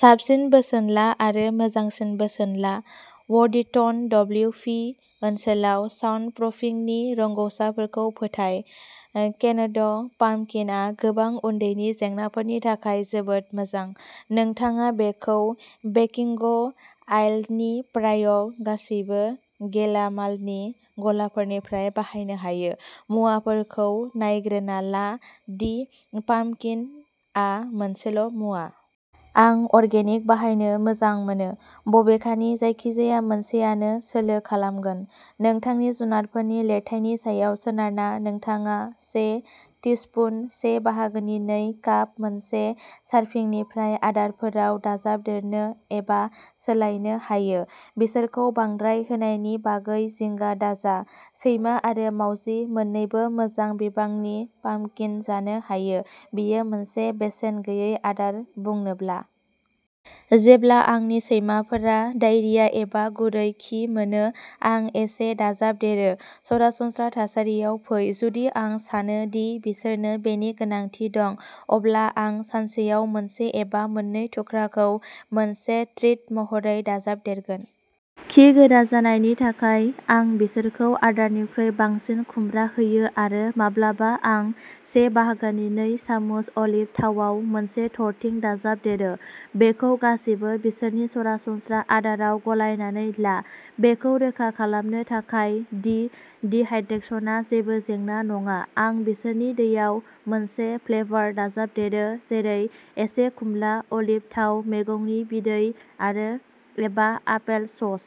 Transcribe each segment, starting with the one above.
साबसिन बोसोन ला आरो मोजांसिन बोसोन ला। वर्दिंटन, डब्लिउपि ओनसोलाव साउन्डप्रुफिंनि रोंग'सारफोरखौ फोथाय। केनड पाम्पकिनआ गोबां उदैनि जेंनाफोरनि थाखाय जोबोद मोजां! नोंथाङा बेखौ बेकिंग आइलनि प्राय गासैबो गेलामालनि गलाफोरनिफ्राय बायनो हायो। मुवाफोरखौ नायग्रोमना ला दि "पाम्पकिन" आ मोनसेल'मुवा। आं अर्गेनिक बाहायनो मोजां मोनो, बबेखानि जायखिजाया मोनसेआनो सोलो खालामगोन। नोंथांनि जुनारफोरनि लिरथायनि सायाव सोनारना नोंथाङा से टिस्पुन-से बाहागोनि नै काप मोनसे सारभिंनिफ्राय आदारफोराव दाजाबदेरनो एबा सोलायनो हायो। बिसोरखौ बांद्राय होनायनि बागै जिंगा दाजा, सैमा आरो मावजि मोननैबो मोजां बिबांनि पाम्पकिन जानो हायो, बेयो मोनसे बेसेन गैयै आदार बुंनोब्ला! जेब्ला आंनि सैमाफोरा डायेरिया एबा गुरै खि मोनो, आं एसे दाजाबदेरो। सरासनस्रा थासारियाव फै। जुदि आं सानो दि बिसोरनो बेनि गोनांथि दं, अब्ला आं सानसेयाव मोनसे एबा मोननै थुख्राखौ मोनसे ट्रिट महरै दाजाबदेरगोन। खि गोरा जानायनि थाखाय, आं बिसोरखौ आदारनिख्रुइ बांसिन खुमब्रा होयो आरो माब्लाबा आं से बाहागोनि नै सामुस अलिभ थावाव मोनसे थरथिं दाजाबदेरो। बेखौ गासिबो बिसोरनि सरासनस्रा आदाराव गलायनानै ला। बेखौ रोखा खालामनो थाखाय दि डिहाइड्रेशनआ जेबो जेंना नङा, आं बिसोरनि दैयाव मोनसे "फ्लेभार" दाजाबदेरो, जेरै एसे खुमब्रा, अलिभ थाव, मैगंनि बिदै आरो एबा आपेलसस।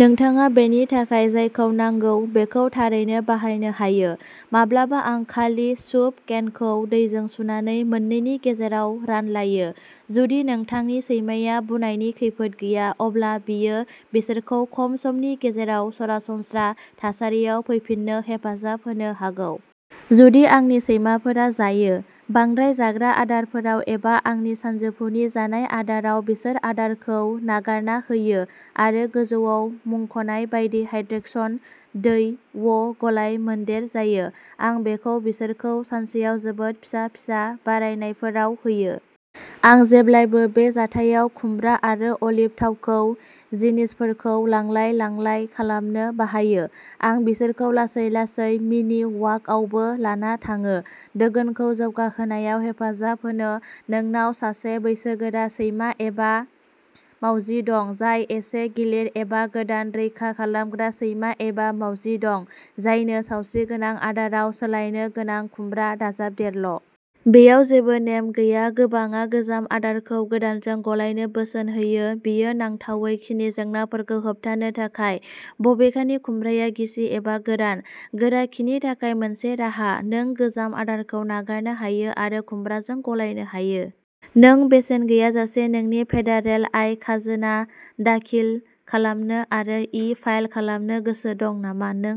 नोंथाङा बेनि थाखाय जायखौ नांगौ बेखौ थारैनो बाहायनो हायो, माब्लाबा आं खालि सुप केनखौ दैजों सुनानै मोननैनि गेजेराव रानलायो। जुदि नोंथांनि सैमाया बुनायनि खैफोद गैया, अब्ला बेयो बिसोरखौ खम समनि गेजेराव "सरासनस्रा थासारियाव फैफिननो" हेफाजाब होनो हागौ। जुदि आंनि सैमाफोरा जायो। बांद्राय जाग्रा आदारफोराव एबा आंनि सानजौफुनि जानाय आदाराव, बिसोर आदारखौ नागारना होयो आरो गोजौवाव मुंख'नाय बायदि हाइड्रेकशन दै व गलाय-मोनदेर जायो। आं बेखौ बिसोरखौ सानसेयाव जोबोद फिसा-फिसा बारायनायफोराव होयो। आं जेब्लायबो बे जाथायाव खुमब्रा आरो अलिभ थावखौ "जिनिसफोरखौ लांलाय-लांलाय" खालामनो बाहायो। आं बिसोरखौ लासै लासै मिनि वाकआवबो लाना थाङो, दोगोनखौ जौगाहोनायाव हेफाजाब होनो। नोंनाव सासे बैसोगोरा सैमा एबा मावजि दं जाय एसे गिलिर एबा गोदान रैखा खालामग्रा सैमा एबा मावजि दं जायनो सावस्रिगोनां आदाराव सोलायनो गोनां-खुमब्रा दाजाबदेरल'! बेयाव जेबो नेम गैया, गोबांआ गोजाम आदारखौ गोदानजों गलायनो बोसोन होयो, बेयो नांथावै खिनि जेंनाफोरखौ होबथानो थाखाय। बबेखानि, खुमब्राया गिसि एबा गोरान/गोरा खिनि थाखाय मोनसे राहा, नों गोजाम आदारखौ नागारनो हायो आरो खुमब्राजों गलायनो हायो! नों बेसेन गैयाजासे नोंनि फेडारेल आय खाजोना दाखिल खालामनो आरो इ-फाइल खालामनो गोसो दं नामा? नों